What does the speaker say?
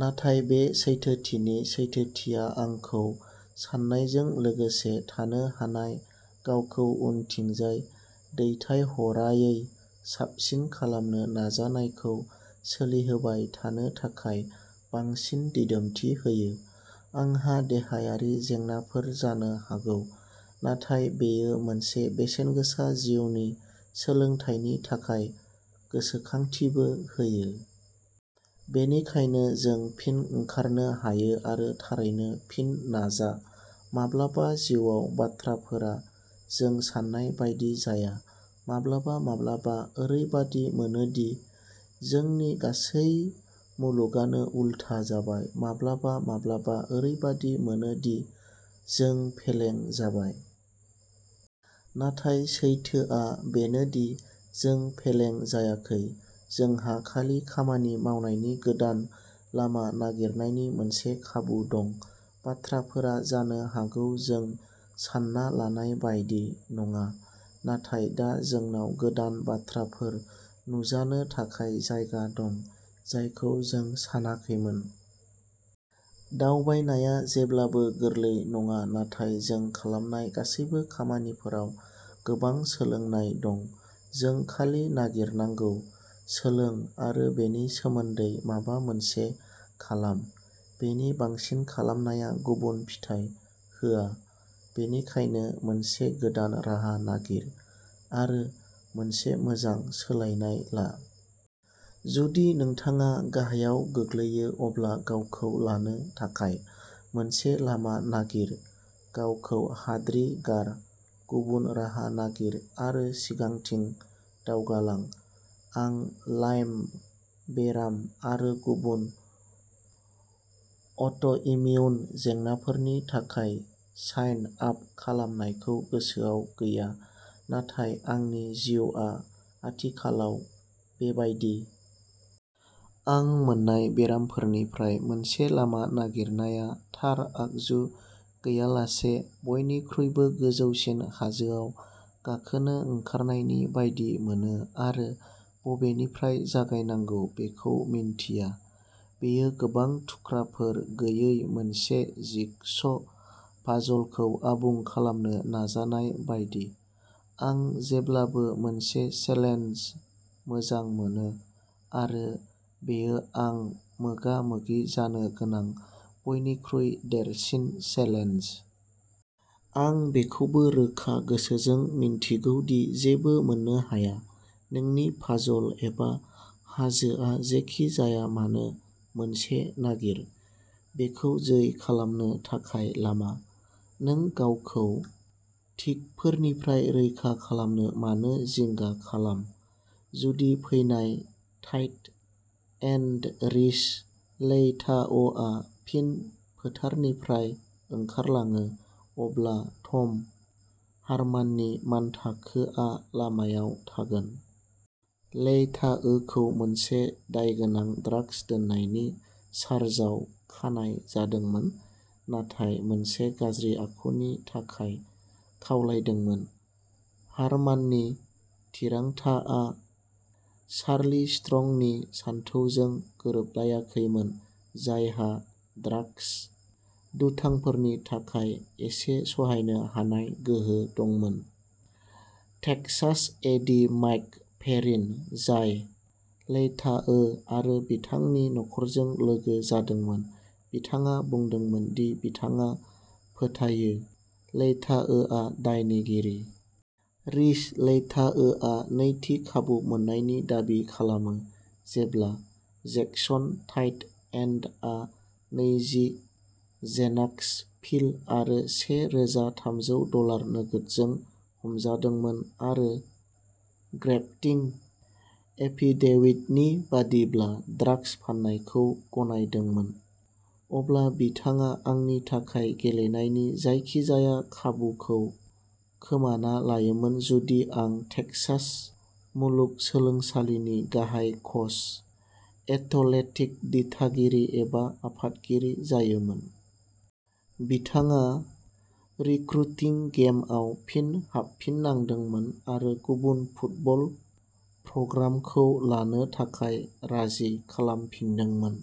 नाथाय बे सैथोथिनि सैथोथिया आंखौ सानायजों लोगोसे थानो आरो गावखौ उनथिंजाय दैथायहराङै साबसिन खालामनो नाजानायखौ सोलिहोबाय थानो थाखाय बांसिन दिदोमथि होयो। आंहा देहायारि जेंनाफोर जानो हागौ, नाथाय बेयो मोनसे बेसेनगोसा जिउनि सोलोंथायनि थाखाय गोसोखांथिबो होयो। बेनिखायनो जों फिन ओंखारनो हायो आरो थारैनो फिन नाजा। माब्लाबा जिउआव बाथ्राफोरा जों सान्नाय बायदि जाया। माब्लाबा माब्लाबा ओरैबादि मोनो दि जोंनि गासै मुलुगानो उलथा जाबाय। माब्लाबा माब्लाबा ओरैबादि मोनो दि जों फेलें जाबाय। नाथाय सैथोआ बेनो दि, जों फेलें जायाखै। जोंहा खालि खामानि मावनायनि गोदान लामा नागिरनायनि मोनसे खाबु दं। बाथ्राफोरा जानो हागौ जों सानना लानाय बायदि नङा नाथाय दा जोंनाव गोदान बाथ्राफोर नुजानो थाखाय जायगा दं जायखौ जों सानाखैमोन। दावबायनाया जेब्लाबो गोरलै नङा नाथाय जों खालामनाय गासैबो खामानिफोराव गोबां सोलोंनाय दं। जों खालि नागिरनांगौ। सोलों आरो बेनि सोमोन्दै माबा मोनसे खालाम। बेनि बांसिन खालामनाया गुबुन फिथाय होआ। बेनिखायनो मोनसे गोदान राहा नागिर आरो मोनसे मोजां सोलायनाय ला। जुदि नोंथाङा गाहायाव गोग्लैयो, अब्ला गावखौ लानो थाखाय मोनसे लामा नागिर, गावखौ हाद्रि गार, गुबुन राहा नागिर आरो सिगांथिं दावगालां। आं लाइम बेराम आरो गुबुन अट'इमिउन जेंनाफोरनि थाखाय साइन आप खालामनायखौ गोसोआव गैया, नाथाय आंनि जिउआ आथिखालाव बेबायदि। आं मोननाय बेरामफोरनिफ्राय मोनसे लामा नागिरनाया थार आगजु गैयालासे बयनिख्रुइबो गोजौसिन हाजोआव गाखोनो ओंखारनायनि बायदि मोनो आरो बबेनिफ्राय जागायनांगौ बेखौ मिन्थिया। बेयो गोबां थुख्राफोर गैयै मोनसे जिगस' पाजलखौ आबुं खालामनो नाजानाय बायदि। आं जेब्लाबो मोनसे चेलेन्ज मोजां मोनो आरो बेयो आं मोगा-मोगि जानो गोनां बयनिख्रुइ देरसिन चेलेन्ज। आं बेखौबो रोखा गोसोजों मिन्थिगौ दि जेबो मोननो हाया। नोंनि पाजल एबा हाजोआ जेखि जाया मानो मोनसे नागिर। बेखौ जै खालामनो थाखाय लामा। नों गावखौ टिकफोरनिफ्राय रैखा खालामनो मानो जिंगा खालाम। जुदि फैनाय टाइट एन्ड रिस लेइताओआ फिन फोथारनिफ्राय ओंखारलाङो, अब्ला टम हारमाननि मानथाखोआ लामायाव थागोन। लेइताओखौ मोनसे दायगोनां ड्रागस दोननायनि चार्जाव खानाय जादोंमोन, नाथाय मोनसे गाज्रि आखुनि थाखाय खावलायदोंमोन। हारमाननि थिरांथाआ चार्लि स्ट्रंनि सानथौजों गोरोबलायाखैमोन, जायहा ड्रागस दुथांफोरनि थाखाय एसे सहायनो हानाय गोहो दंमोन। टेक्सास एडि माइक पेरिन, जाय लेइताओ आरो बिथांनि नखरजों लोगो जादोंमोन, बिथाङा बुंदोंमोन दि बिथाङा फोथायो लेइटाओआ दायनिगिरि। रिस लेइताओआ नैथि खाबु मोन्नायनि दाबि खालामो। जेब्ला जेन्कस टाइट एन्डआ नैजि जेनाक्स पिल आरो से रोजा थामजौ डलार नोगोदजों हमजादोंमोन आरो, ग्रेप्तिं एफिडेविटनि बायदिब्ला, ड्रागस फाननायखौ गनायदोंमोन, अब्ला बिथाङा आंनि थाखाय गेलेनायनि जायखिजाया खाबुखौ खोमाना लायोमोन जुदि आं टेक्सास मुलुगसोलोंसालिनि गाहाय कच, एथलेटिक दिथागिरि एबा आफादगिरि जायोमोन। बिथाङा रिक्रुटिं गेमआव फिन हाबफिननांदोंमोन आरो गुबुन फुटबल प्रग्रामखौ लानो थाखाय राजि खालामफिनदोंमोन।